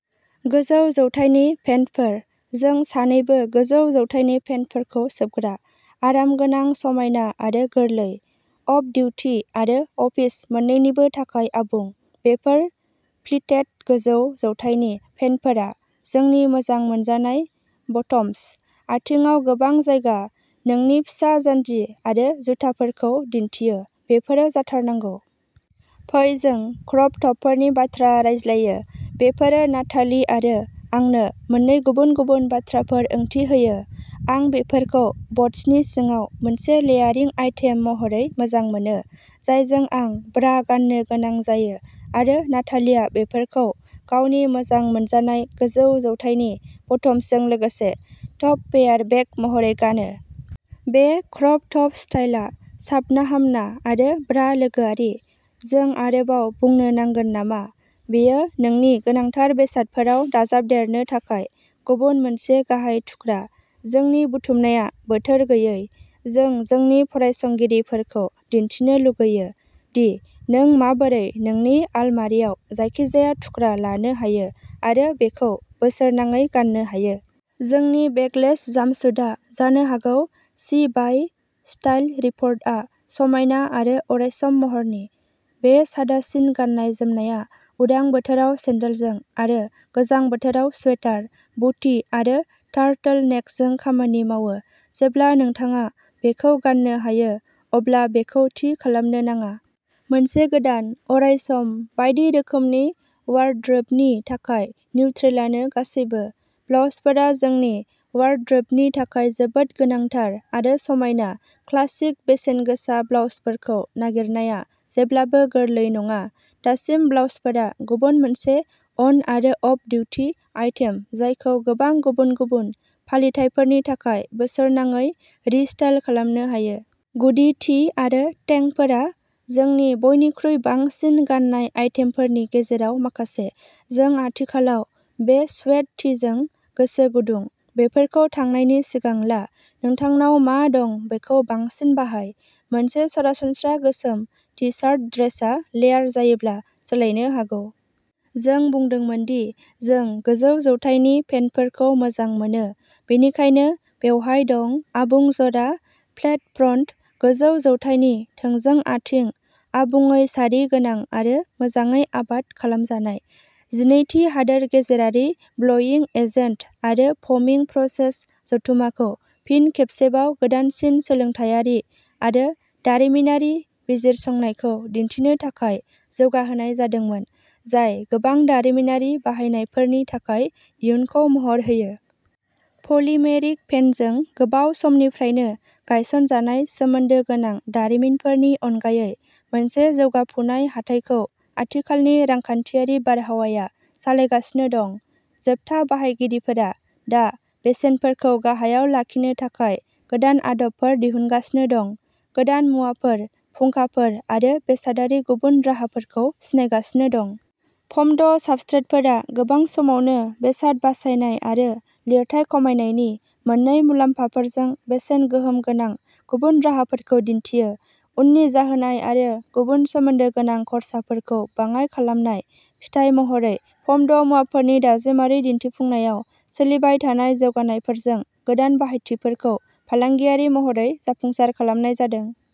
गोजौ जौथायनि पेन्टफोर। जों सानैबो गोजौ जौथायनि पेन्टफोरखौ सोबग्रा। आरामगोनां, समायना आरो गोरलै, अफ डिउटि आरो अफिस मोन्नैनिबो थाखाय आबुं, बेफोर प्लिटेड गोजौ जौथायनि पेन्टफोरा जोंनि मोजां मोनजानाय ब'टम्स। आथिंआव गोबां जायगा, नोंनि फिसा जानजि आरो जुथाफोरखौ दिन्थियो, बेफोरो जाथारनांगौ। फै जों क्रप टपफोरनि बाथ्रा रायज्लायो। बेफोरो नाताली आरो आंनो मोननै गुबुन-गुबुन बाथ्राफोर ओंथि होयो। आं बेफोरखौ ब'ट्सनि सिङाव मोनसे लेयारिं आइटेम महरै मोजां मोनो, जायजों आं ब्रा गान्नो गोनां जायो आरो नातालीआ बेफोरखौ गावनि मोजां मोनजानाय गोजौ जौथायनि ब'टम्सजों लोगोसे टप पेयार बेक महरै गानो। बे क्रप टप स्टाइलआ साबनाहामना आरो ब्रा लोगोआरि। जों आरोबाव बुंनो नांगोन नामा? बेयो नोंनि गोनांथार बेसादफोराव दाजाबदेरनो थाखाय गुबुन मोनसे गाहाय थुख्रा। जोंनि बुथुमनाया बोथोर गैयै। जों जोंनि फरायसंगिरिफोरखौ दिन्थिनो लुगैयो दि नों माबोरै नोंनि आलमारिआव जायखिजाया थुख्रा लानो हायो आरो बेखौ बोसोरनाङै गान्नो हायो। जोंनि बेकलेस जाम्पसुटआ जानो हागौ सि बाइ स्टाइल रिपर्टआ समायना आरो अरायसम महरनि। बे सादासिन गाननाय जोमनाया उदां बोथोराव सेन्देलजों आरो गोजां बोथोराव स्वेटार, बुटि आरो टार्टलनेकजों खामानि मावो। जेब्ला नोंथाङा बेखौ गान्नो हायो अब्ला बेखौ थि खालामनो नाङा। मोनसे गोदान, अरायसम, बायदि रोखोमनि वार्ड्रोबनि थाखाय निउट्रेलानो गासैबो। ब्लाउजफोरा जोंनि वार्ड्रोबनि थाखाय जोबोद गोनांथार, आरो समायना, क्लासिक, बेसेनगोसा ब्लाउजफोरखौ नागिरनाया जेब्लाबो गोरलै नङा। दासिम ब्लाउजफोरा गुबुन मोनसे अन आरो अफ डिउटि आइटेम जायखौ गोबां गुबुन-गुबुन फालिथायफोरनि थाखाय बोसोरनाङै रिस्टाइल खालामनो हायो। गुदि टि आरो टेंकफोरा जोंनि बयनिख्रुइ बांसिन गान्नाय आइटेमफोरनि गेजेराव माखासे। जों आथिखालाव बे स्वेट टिजों गोसो गुदुं। बेफोरखौ थांनायनि सिगां ला, नोंथांनाव मा दं बेखौ बांसिन बाहाय। मोनसे सरासनस्रा गोसोम टि शार्ट ड्रेसआ लेयार जायोब्ला सोलायनो हागौ। जों बुंदोंमोन दि जों गोजौ जौथायनि पेन्टफोरखौ मोजां मोनो, बेनिखायनो बेवहाय दं आबुं जरा, फ्लेट फ्रन्ट, गोजौ जौथायनि थोंजों आथिं, आबुङै सारि गोनां आरो मोजाङै आबाद खालामजानाय। जिनैथि हादोर गेजेरारि ब्ल'इं एजेन्ट आरो फ'मिं प्रसेस जथुम्माखौ फिन खेबसेबाव गोदानसिन सोलोंथायारि आरो दारिमिनारि बिजिरसंनायखौ दिन्थिनो थाखाय जौगाहोनाय जादोंमोन, जाय गोबां दारिमिनारि बाहायनायफोरनि थाखाय इयुनखौ महर होयो। पलिमेरिक फेनजों गोबाव समनिफ्रायनो गायसनजानाय सोमोन्दो गोनां दारिमिनफोरनि अनगायै मोनसे जौगाफुनाय हाथाइखौ आथिखालनि रांखान्थियारि बारहावाया सालायगासिनो दं। जोबथा बाहायगिरिफोरा दा बेसेनफोरखौ गाहायाव लाखिनो थाखाय गोदान आदबफोर दिहुनगासिनो दं, गोदान मुवाफोर, फुंखाफोर आरो बेसादारि गुबुन राहाफोरखौ सिनायगासिनो दं। फ'म्ड साबस्ट्रेटफोरा गोबां समावनो बेसाद बासायनाय आरो लिरथाइ खमायनायनि मोन्नै मुलाम्फाफोरजों बेसेन गोहोम गोनां गुबुन राहाफोरखौ दिन्थियो। उननि जाहोनाय आरो गुबुन सोमोन्दो गोनां खर्साफोरखौ बाङाइ खालामनाय, फिथाय महरै फ'म्ड मुवाफोरनि दाजेमारि दिन्थिफुंनायाव सोलिबाय थानाय जौगानायफोरजों गोदान बाहायथिफोरखौ फालांगियारि महरै जाफुंसार खालामनाय जादों।